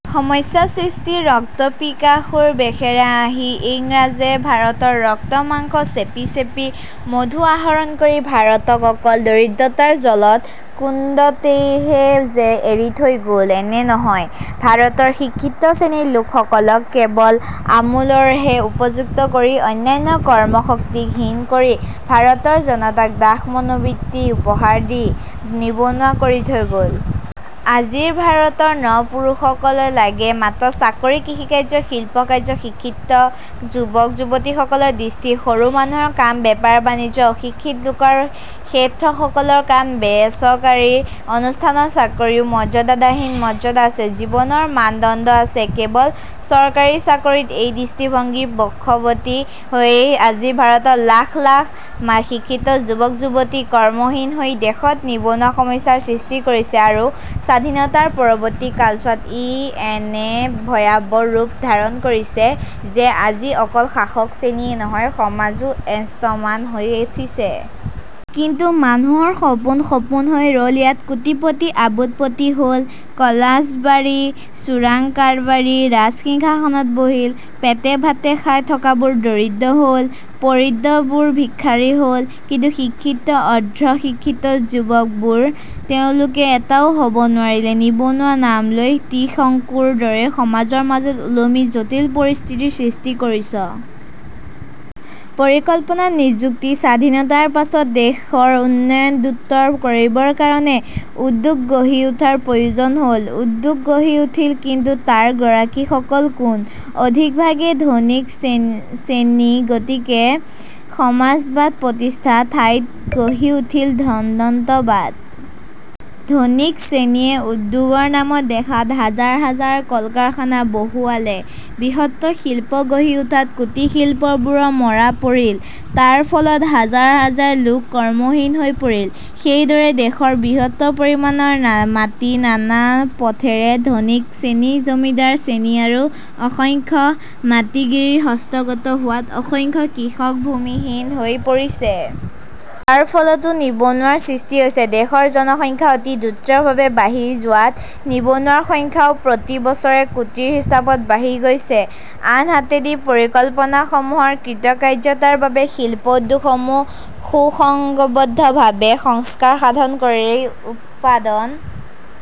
সমস্যাৰ সৃষ্টি – ৰক্তপিপাসুৰ বেশেৰে আহি ইংৰাজে ভাৰতৰ ৰক্ত-মাংস চেপি চেপি মধু আহৰণ কৰি ভাৰতক অকল দৰিদ্ৰতাৰ জ্বলন্ত কুণ্ডতেইহে যে এৰি থৈ গ'ল এনে নহয়, ভাৰতৰ শিক্ষিত শ্ৰেণীৰ লোকসকলক কেৱল আমোলাৰহে উপযুক্ত কৰি, অন্যান্য কৰ্মশক্তিত হীন কৰি, ভাৰতৰ জনতাক দাস-মনোবৃত্তি উপহাৰ দি নিবনুৱা কৰি থৈ গ'ল। আজিৰ ভাৰতৰ ন-পুৰুষসকলক লাগে মাত্ৰ চাকৰি; কৃষিকাৰ্য, শিল্পকাৰ্য, শিক্ষিত যুৱক-যুৱতীসকলৰ দৃষ্টিত সৰু মানুহৰ কাম; বেপাৰ-বাণিজ্য অশিক্ষিত লোকৰ, শেঠসকলৰ কাম। বে-চৰকাৰী অনুষ্ঠানৰ চাকৰিও মৰ্যাদাহীন; মৰ্যাদা আছে, জীৱনৰ মানদণ্ড আছে কেৱল চৰকাৰী চাকৰিত। এই দৃষ্টিভংগীৰ বশৱৰ্তী হৈয়ে আজি ভাৰতত লাখ লাখ শিক্ষিত যুৱক-যুৱতী কৰ্মহীন হৈ দেশত নিবনুৱা সমস্যাৰ সৃষ্টি কৰিছে আৰু স্বাধীনতাৰ পৰৱৰ্তী কালছোৱাত ই এনে ভয়াৱহ ৰূপ ধাৰণ কৰিছে যে আজি অকল শাসক শ্ৰেণীয়েই নহয়, সমাজো এস্তমান হৈ উঠিছে। " কিন্তু মানুহৰ সপোন সপোন হৈয়ে ৰ'ল। ইয়াত কোটিপতি আবুদপতি হ'ল; ক'লাচবাৰী, চোৰাং কাৰবাৰী ৰাজ-সিংহাসনত বহিল। পেটে-ভাতে খাই থকাবোৰ দৰিদ্ৰ হ'ল, পৰিদ্ৰবোৰ ভিক্ষাৰী হ'ল। কিন্তু শিক্ষিত, অৰ্দ্ধ শিক্ষিত যুৱকবোৰ? তেওঁলোকে এটাও হ'ব নোৱাৰিলে নিবনুৱা নাম লৈ ত্ৰিশংকুৰ দৰে সমাজৰ মাজত ওলমি জটিল পৰিস্থিতিৰ সৃষ্টি কৰিছ। পৰিকল্পনাত নিযুক্তি – স্বাধীনতাৰ পাছত দেশৰ উন্নয়ন দ্ৰুতৰ কৰিবৰ কাৰণে উদ্যোগ গঢ়ি উঠাৰ প্ৰয়োজন হ'ল৷ উদ্যোগ গঢ়ি উঠিল; কিন্তু তাৰ গৰাকীসকল কোন? অধিক ভাগেই ধনিক শ্ৰেণী। গতিকে সমাজবাদ প্ৰতিষ্ঠাৰ ঠাইত গঢ়ি উঠিল ধনন্ত্ৰবাদ। ধনিক শ্ৰেণীয়ে উদ্যোগৰ নামত দেশত হাজাৰ হাজাৰ কল কাৰখানা বহুৱালে। বৃহৎ শিল্প গঢ়ি উঠাত কুটীৰশিল্পবোৰ মৰা পৰিল। তাৰ ফলত হাজাৰ হাজাৰ লোক কৰ্মহীন হৈ পৰিল। সেইদৰে দেশৰ বৃহৎ পৰিমাণৰ মাটি নানা পথেৰে ধনিক শ্ৰেণী, জমিদাৰ শ্ৰেণী আৰু অসংখ্য মাটি-গিৰিৰ হস্তগত হোৱাত অসংখ্য কৃষক ভূমিহীন হৈ পৰিছে। তাৰ ফলতো নিবনুৱাৰ সৃষ্টি হৈছে। দেশৰ জনসংখ্যা অতি দ্ৰুতভাৱে বাঢ়ি যোৱাত নিবনুৱাৰ সংখ্যাও প্ৰতি বছৰে কোটিৰ হিচাপত বাঢ়ি গৈছে। আনহাতেদি পৰিকল্পনাসমূহৰ কৃতকাৰ্যতাৰ বাবে শিল্প উদ্যোগসমূহ সুসংগবদ্ধভাৱে সংস্কাৰ সাধন কৰি উৎপাদন